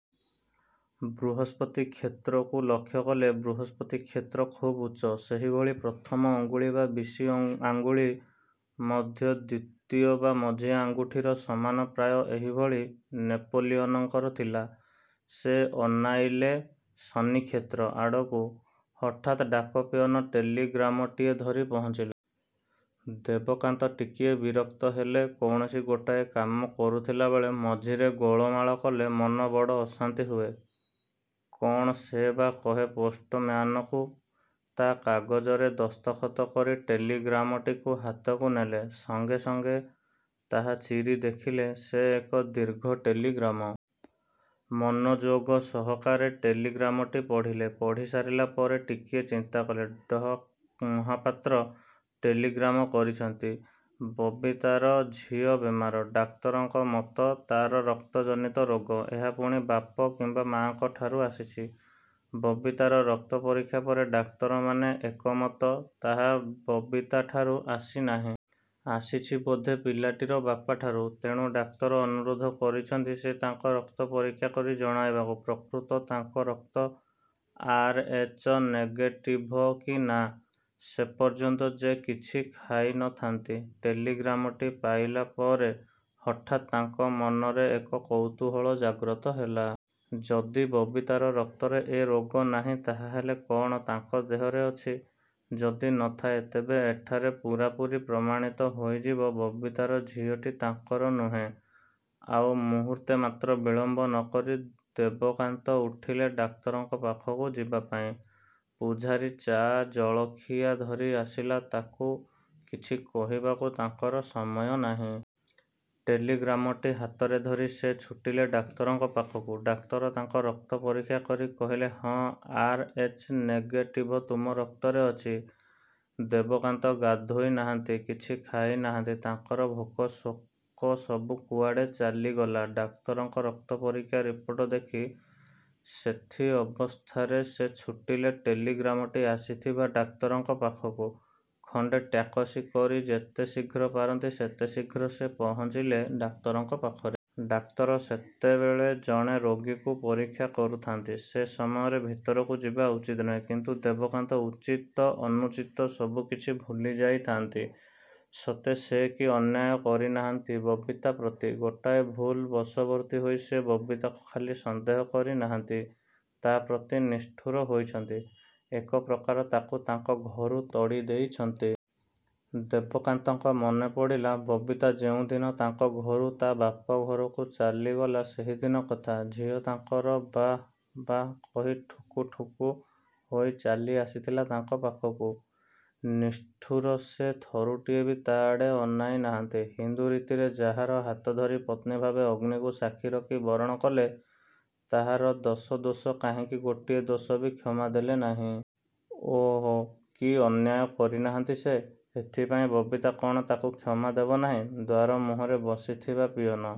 ବୃହସ୍ପତି କ୍ଷେତ୍ରକୁ ଲକ୍ଷ୍ୟ କଲେ। ବୃହସ୍ପତି କ୍ଷେତ୍ର ଖୁବ୍ ଉଚ୍ଚ। ସେହିଭଳି ପ୍ରଥମ ଅଙ୍ଗୁଳି ବା ବିଶି ଆଙ୍ଗୁଳି ମଧ୍ୟ ଦ୍ୱିତୀୟ ବା ମଝି ଆଙ୍ଗୁଠିର ସମାନ ପ୍ରାୟ ଏହିଭଳି ନେପୋଲିୟନଙ୍କର ଥିଲା। ସେ ଅନାଇଲେ ଶନି କ୍ଷେତ୍ର। ଆଡ଼କୁ-ହଠାତ୍ ଡାକପିଅନ ଟେଲିଗ୍ରାମଟିଏ ଧରି ପହଞ୍ଚିଲା। ଦେବକାନ୍ତ ଟିକିଏ ବିରକ୍ତ ହେଲେ କୌଣସି ଗୋଟାଏ କାମ କରୁଥିଲାବେଳେ ମଝିରେ ଗୋଳମାଳ କଲେ ମନ ବଡ଼ ଅଶାନ୍ତି ହୁଏ। କଣ୍ ସେ ବା କହେ ପୋଷ୍ଟମ୍ୟାନକୁ। ତା କାଗଜରେ ଦସ୍ତଖତ କରି ଟେଲିଗ୍ରାମଟିକୁ ହାତକୁ ନେଲେ। ସଙ୍ଗେ ସଙ୍ଗେ ତାହା ଚିରି ଦେଖିଲେସେ ଏକ ଦୀର୍ଘ ଟେଲିଗ୍ରାମ। ମନଯୋଗ ସହକାରେ ଟେଲିଗ୍ରାମଟି ପଢ଼ିଲେ। ପଢ଼ି ସାରିଲା ପରେ ଟିକିଏ ଚିନ୍ତାକଲେ। ଡଃ ମହାପାତ୍ର ଟେଲିଗ୍ରାମ କରିଛନ୍ତି। ବବିତାର ଝିଅ ବେମାର। ଡାକ୍ତରଙ୍କ ମତ ତାର ରକ୍ତ ଜନିତ ରୋଗ। ଏହା ପୁଣି ବାପ କିମ୍ୱା ମାଙ୍କ ଠାରୁ ଆସିଛି। ବବିତାର ରକ୍ତ ପରୀକ୍ଷା ପରେ ଡାକ୍ତରମାନେ ଏକମତ ତାହା ବବିତାଠାରୁ ଆସିନାହିଁ। ଆସିଛି ବୋଧେ ପିଲାଟିର ବାପାଠାରୁ। ତେଣୁ ଡାକ୍ତର ଅନୁରୋଧ କରିଛନ୍ତି ସେ ତାଙ୍କ ରକ୍ତ ପରୀକ୍ଷା କରି ଜଣାଇବାକୁ ପ୍ରକୃତ ତାଙ୍କ ରକ୍ତ ଆର୍. ଏଚ, ନେଗେଟିଭ କି ନା? ସେ ପର୍ଯ୍ୟନ୍ତ ଯେ କିଛି ଖାଇ ନଥାନ୍ତି। ଟେଲିଗ୍ରାମଟି ପାଇଲାପରେ ହଠାତ୍ ତାଙ୍କ ମନରେ ଏକ କୌତୁହଳ ଜାଗ୍ରତ ହେଲା। ଯଦି ବବିତାର ରକ୍ତରେ ଏ ରୋଗନାହିଁ ତାହାହେଲେ କଣ ତାଙ୍କ ଦେହରେ ଅଛି? ଯଦି ନଥାଏ ତେବେ ଏଠାରେ ପୂରାପୂରି ପ୍ରମାଣିତ ହୋଇଯିବ ବବିତାର ଝିଅଟି ତାଙ୍କର ନୁହେଁ। ଆଉ ମୁହୂର୍ତ୍ତେ ମାତ୍ର ବିଳମ୍ୱ ନକରି ଦେବକାନ୍ତ ଉଠିଲେ ଡାକ୍ତରଙ୍କ ପାଖକୁ ଯିବାପାଇଁ। ପୂଝାରୀ ଚା ଜଳଖିଆ ଧରି ଆସିଲା ତାକୁ କିଛି କହିବାକୁ ତାଙ୍କର ସମୟ ନାହିଁ। ଟେଲିଗ୍ରାମଟି ହାତରେ ଧରି ସେ ଛୁଟିଲେ ଡାକ୍ତରଙ୍କ ପାଖକୁ। ଡାକ୍ତର ତାଙ୍କ ରକ୍ତ ପରୀକ୍ଷା କରି କହିଲେ ହଁ ଆର୍, ଏଚ୍, ନେଗେଟିଭ ତୁମ ରକ୍ତରେ ଅଛି। ଦେବକାନ୍ତ ଗାଧୋଇ ନାହାନ୍ତି କିଛି ଖାଇ ନାହାନ୍ତି ତାଙ୍କର ଭୋକ ଶୋକସବୁ କୁଆଡ଼େ ଚାଲିଗଲା ଡାକ୍ତରଙ୍କ ରକ୍ତ ପରୀକ୍ଷା ରିପୋର୍ଟ ଦେଖି ସେଥି ଅବସ୍ଥାରେ ସେ ଛୁଟିଲେ ଟେଲିଗ୍ରାମଟି ଆସିଥିବା ଡାକ୍ତରଙ୍କ ପାଖକୁ ଖଣ୍ଡେ ଟ୍ୟାକସି କରି ଯେତେଶୀଘ୍ର ପାରନ୍ତି ସେତେଶୀଘ୍ର ସେ ପହଞ୍ଚିଲେ ଡାକ୍ତରଙ୍କ ପାଖରେ। ଡାକ୍ତର ସେତେବେଳେ ଜଣେ ରୋଗୀକୁ ପରୀକ୍ଷା କରୁଥାନ୍ତି। ସେ ସମୟରେ ଭିତରକୁ ଯିବା ଉଚିତ ନୁହେଁ। କିନ୍ତୁ ଦେବକାନ୍ତ ଉଚିତ ଅନୁଚିତ ସବୁ କିଛି ଭୁଲିଯାଇଥାନ୍ତି। ସତେ ସେ କି ଅନ୍ୟାୟ କରିନାହାନ୍ତି ବବିତା ପ୍ରତି। ଗୋଟାଏ ଭୁଲ୍ ବଶବର୍ତ୍ତୀ ହୋଇ ସେ ବବିତାକୁ ଖାଲି ସନ୍ଦେହ କରି ନାହାନ୍ତି ତା ପ୍ରତି ନିଷ୍ଠୁର ହୋଇଛନ୍ତି-ଏକ ପ୍ରକାର ତାକୁ ତାଙ୍କ ଘରୁ ତଡ଼ି ଦେଇଛନ୍ତି। ଦେବକାନ୍ତଙ୍କ ମନେପଡ଼ିଲା ବବିତା ଯେଉଁଦିନ ତାଙ୍କ ଘରୁ ତା ବାପଘରକୁ ଚାଲିଗଲା ସେହିଦିନ କଥା। ଝିଅ ତାଙ୍କର ବା, ବା କହି ଠୁକୁ ଠୁକୁ ହୋଇ ଚାଲିଆସିଥିଲା ତାଙ୍କ ପାଖକୁ। ନିଷ୍ଠୁର ସେ ଥରୁଟିଏ ବି ତା ଆଡ଼େ ଅନାଇନାହାନ୍ତି। ହିନ୍ଦୁ ରୀତିରେ ଯାହାର ହାତଧରି ପତ୍ନୀଭାବେ ଅଗ୍ନିକୁ ସାକ୍ଷୀ ରଖି ବରଣ କଲେ; ତାହାର ଦଶ ଦୋଷ କାହିଁକି ଗୋଟିଏ ଦୋଷ ବି କ୍ଷମା ଦେଲେ ନାହିଁ। ଓଃ କି ଅନ୍ୟାୟ କରିନାହାନ୍ତି ସେ। ଏଥିପାଇଁ ବବିତା କଣ ତାକୁ କ୍ଷମା ଦେବ ନାହିଁ। ଦ୍ୱାର ମୁଁହରେ ବସିଥିବା ପିଅନ